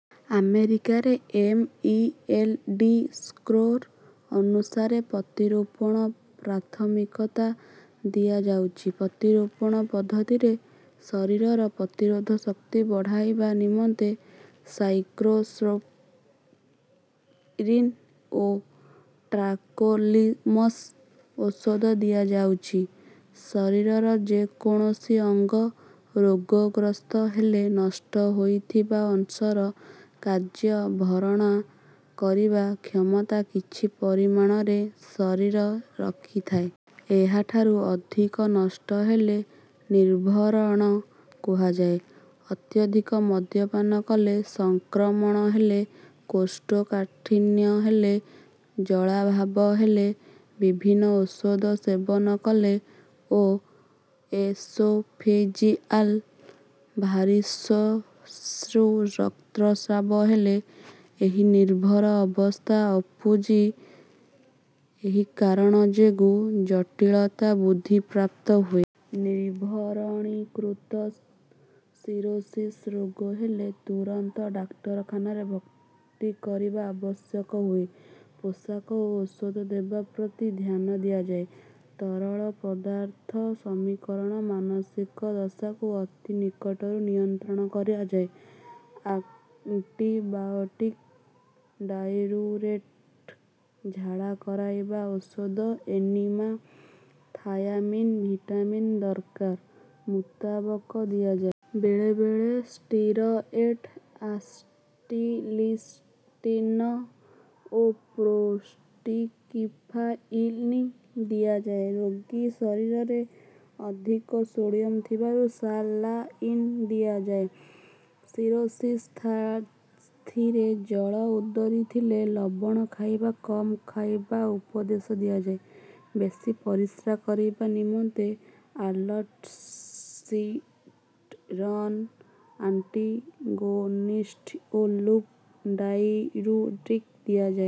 ଆମେରିକାରେ M. E. L. D. Score ଅନୁସାରେ ପ୍ରତିରୋପଣର ପ୍ରାଥମିକତା ଦିଆଯାଉଛି। ପ୍ରତିରୋପଣ ପଦ୍ଧତିରେ ଶରୀରର ପ୍ରତିରୋଧ ଶକ୍ତି ବଢେଇବା ନିମନ୍ତେ ସାଇକ୍ଲୋସ୍ପୋରିନ୍ ଓ ଟାର୍କୋଲିମସ ଔଷଧ ଦିଆଯାଉଛି। ଶରୀରର ଯେ କୌଣସି ଅଙ୍ଗ ରୋଗଗ୍ରସ୍ତ ହେଲେ ନଷ୍ଟ ହୋଇଥିବା ଅଂଶର କାର୍ଯ୍ୟ ଭରଣା କରିବା କ୍ଷମତା କିଛି ପରିମାଣରେ ଶରୀର ରଖିଥାଏ। ଏହାଠାରୁ ଅଧିକ ନଷ୍ଟ ହେଲେ ନିର୍ଭରଣ କୁହାଯାଏ। ଅତ୍ୟଧିକ ମଦ୍ୟପାନ କଲେ ସଂକ୍ରମଣ ହେଲେ କୋଷ୍ଠକାଠିନ୍ୟ ହେଲେ ଜଳାଭାବ ହେଲେ ବିଭିନ୍ନ ଔଷଧ ସେବନ କଲେ ଓ ଏସୋଫେଜିଆଲ୍ ଭାରିସେସ୍ରୁ ରକ୍ତସ୍ରାବ ହେଲେ ଏହି ନିର୍ଭରଣ ଅବସ୍ଥା ଉପୁଜେ। ଏହି କାରଣ ଯୋଗୁ ଜଟୀଳତା ବୃଦ୍ଧି ପ୍ରାପ୍ତ ହୁଏ। ନିର୍ଭରଣିକୃତ ସିରୋସିସ୍ ରୋଗ ହେଲେ ତୁରନ୍ତ ଡାକ୍ତରଖାନାରେ ଭର୍ତ୍ତି କରିବା ଆବଶ୍ୟାକ ହୁଏ। ପୋଷକ ଓ ଔଷଧ ଦେବା ପ୍ରତି ଧ୍ୟାନ ଦିଆଯାଏ। ତରଳ ପଦାର୍ଥ ସମୀକରଣ ମାନସିକ ଦଶାକୁ ଅତି ନିକଟରୁ ନିୟନ୍ତ୍ରଣ କରାଯାଏ। ଆଣ୍ଟିବାୟୋଟିକ୍ ଡାଇୟୁରେଟିକ୍ ଝାଡା କରେଇବା ଔଷଧ ଏନିମା ଥାୟାମିନ୍ ଭିଟାମିନ୍ ଦରକାର ମୁତାବକ ଦିଆଯାଏ। ବେଳେ ବେଳେ ସ୍ଟିରଏଡ୍ ଆସେଟିଲ୍ସିସ୍ଟିନ୍ ଓ ପେଣ୍ଟୋକ୍ସିଫାଇଲିନ୍ ଦିଆଯାଏ। ରୋଗୀ ଶରୀରରେ ଅଧିକ ସୋଡିୟମ ଥିବାରୁ ସାଲାଇନ୍ ଦିଆଯାଏ ନାହିଁ। ସିରୋସିସ୍ ସାଥିରେ ଜଳ ଉଦରୀ ଥିଲେ ଲବଣ ଖାଇବା କମ୍ ଖାଇବାକୁ ଉପଦେଶ ଦିଆଯାଏ। ବେଶି ପରିଶ୍ରା କରେଇବା ନିମନ୍ତେ ଆଲ୍ଡୋସ୍ଟିରନ୍ ଆଣ୍ଟାଗୋନିଷ୍ଟ ଓ ଲୁପ୍ ଡାଇୟୁରେଟିକ୍ ଦିଆଯାଏ।